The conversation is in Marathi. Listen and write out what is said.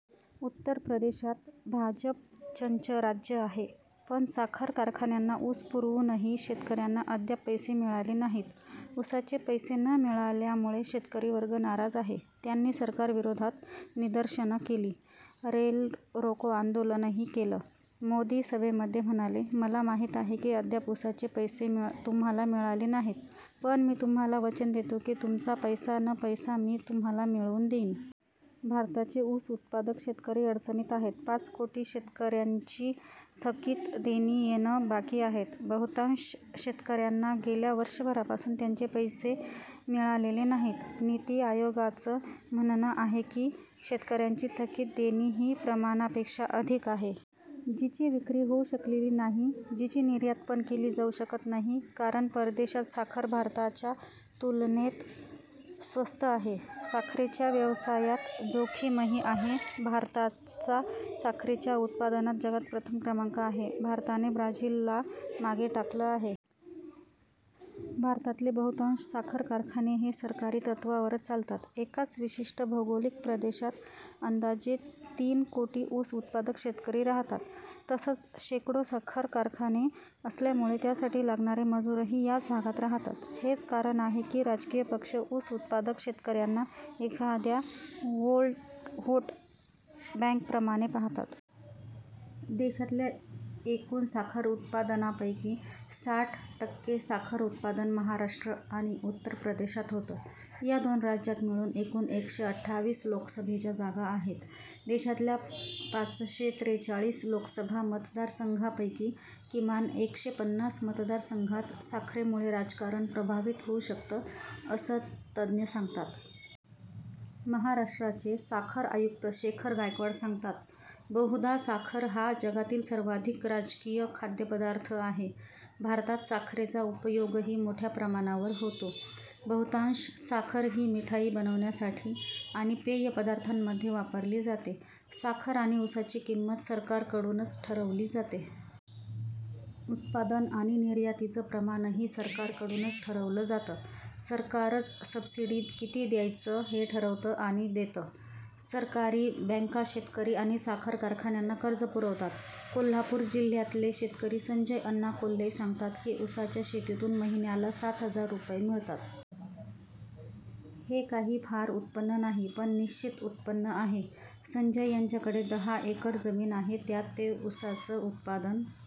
उत्तर प्रदेशात भाजपचंच राज्य आहे. पण साखर कारखान्यांना ऊस पुरवूनही शेतकऱ्यांना अद्याप पैसे मिळाले नाहीत. ऊसाचे पैसे न मिळाल्यामुळे शेतकरी वर्ग नाराज आहे. त्यांनी सरकारविरोधात निदर्शनं केली, रेलरोको आंदोलनही केलं. मोदी सभेमध्ये म्हणाले, मला माहीत आहे की अद्याप ऊसाचे पैसे तुम्हाला मिळाले नाहीत, पण मी तुम्हाला वचन देतो की तुमचा पैसा न पैसा मी तुम्हाला मिळवून देईन. भारताचे ऊस उत्पादक शेतकरी अडचणीत आहेत. पाच कोटी शेतकऱ्यांची थकीत देणी येणं बाकी आहेत. बहुतांश शेतकऱ्यांना गेल्या वर्षभरापासून त्यांचे पैसे मिळालेले नाहीत. नीती आयोगाचं म्हणणं आहे की शेतकऱ्यांची थकीत देणी ही प्रमाणापेक्षा अधिक आहे. जिची विक्री होऊ शकलेली नाही. जिची निर्यात पण केली जाऊ शकत नाही, कारण परदेशात साखर भारताच्या तुलनेत स्वस्त आहे. साखरेच्या व्यवसायात जोखीमही आहे. भारताचा साखरेच्या उत्पादनात जगात प्रथम क्रमांक आहे. भारताने ब्राझीलला मागे टाकलं आहे. भारतातले बहुतांश साखर कारखान हे सहकारी तत्त्वावरच चालतात. एकाच विशिष्ट भौगोलिक प्रदेशात अंदाजे तीन कोटी ऊस उत्पादक शेतकरी राहतात. तसंच शेकडो साखर कारखाने असल्यामुळे त्यासाठी लागणारे मजूरही याच भागात राहतात. हेच कारण आहे की राजकीय पक्ष ऊस उत्पादक शेतकऱ्यांना एखाद्या व्होट बॅंकेप्रमाणे पाहतात. देशातल्या एकूण साखर उत्पादनापैकी साठ टक्के साखर उत्पादन महाराष्ट्र आणि उत्तर प्रदेशात होतं. या दोन राज्यात मिळून एकूण एकशे अठ्ठावीस लोकसभेच्या जागा आहेत. देशातल्या पाचशे त्रेचाळीस लोकसभा मतदारसंघापैकी किमान एकशे पन्नास मतदारसंघात साखरेमुळे राजकारण प्रभावित होऊ शकतं असं तज्ज्ञ सांगतात. महाराष्ट्राचे साखर आयुक्त शेखर गायकवाड सांगतात, बहुधा साखर हा जगातील सर्वाधिक राजकीय खाद्यपदार्थ आहे. भारतात साखरेचा उपयोगही मोठ्या प्रमाणावर होतो. बहुतांश साखर ही मिठाई बनवण्यासाठी आणि पेय पदार्थांमध्ये वापरली जाते. साखर आणि ऊसाची किंमत सरकारकडूनच ठरवली जाते. उत्पादन आणि निर्यातीचं प्रमाणही सरकारकडूनच ठरवलं जातं. सरकारच सबसिडी किती द्यायचं हे ठरवतं आणि देतं. सरकारी बॅंका शेतकरी आणि साखर कारखान्यांना कर्ज पुरवतात. कोल्हापूर जिल्ह्यातले शेतकरी संजय अण्णा कोल्हे सांगतात की ऊसाच्या शेतीतून महिन्याला सात हजार रुपये मिळतात. हे काही फार उत्पन्न नाही, पण निश्चित उत्पन्न आहे. संजय यांच्याकडे दहा एकर जमीन आहे. त्यात ते ऊसाचं उत्पादन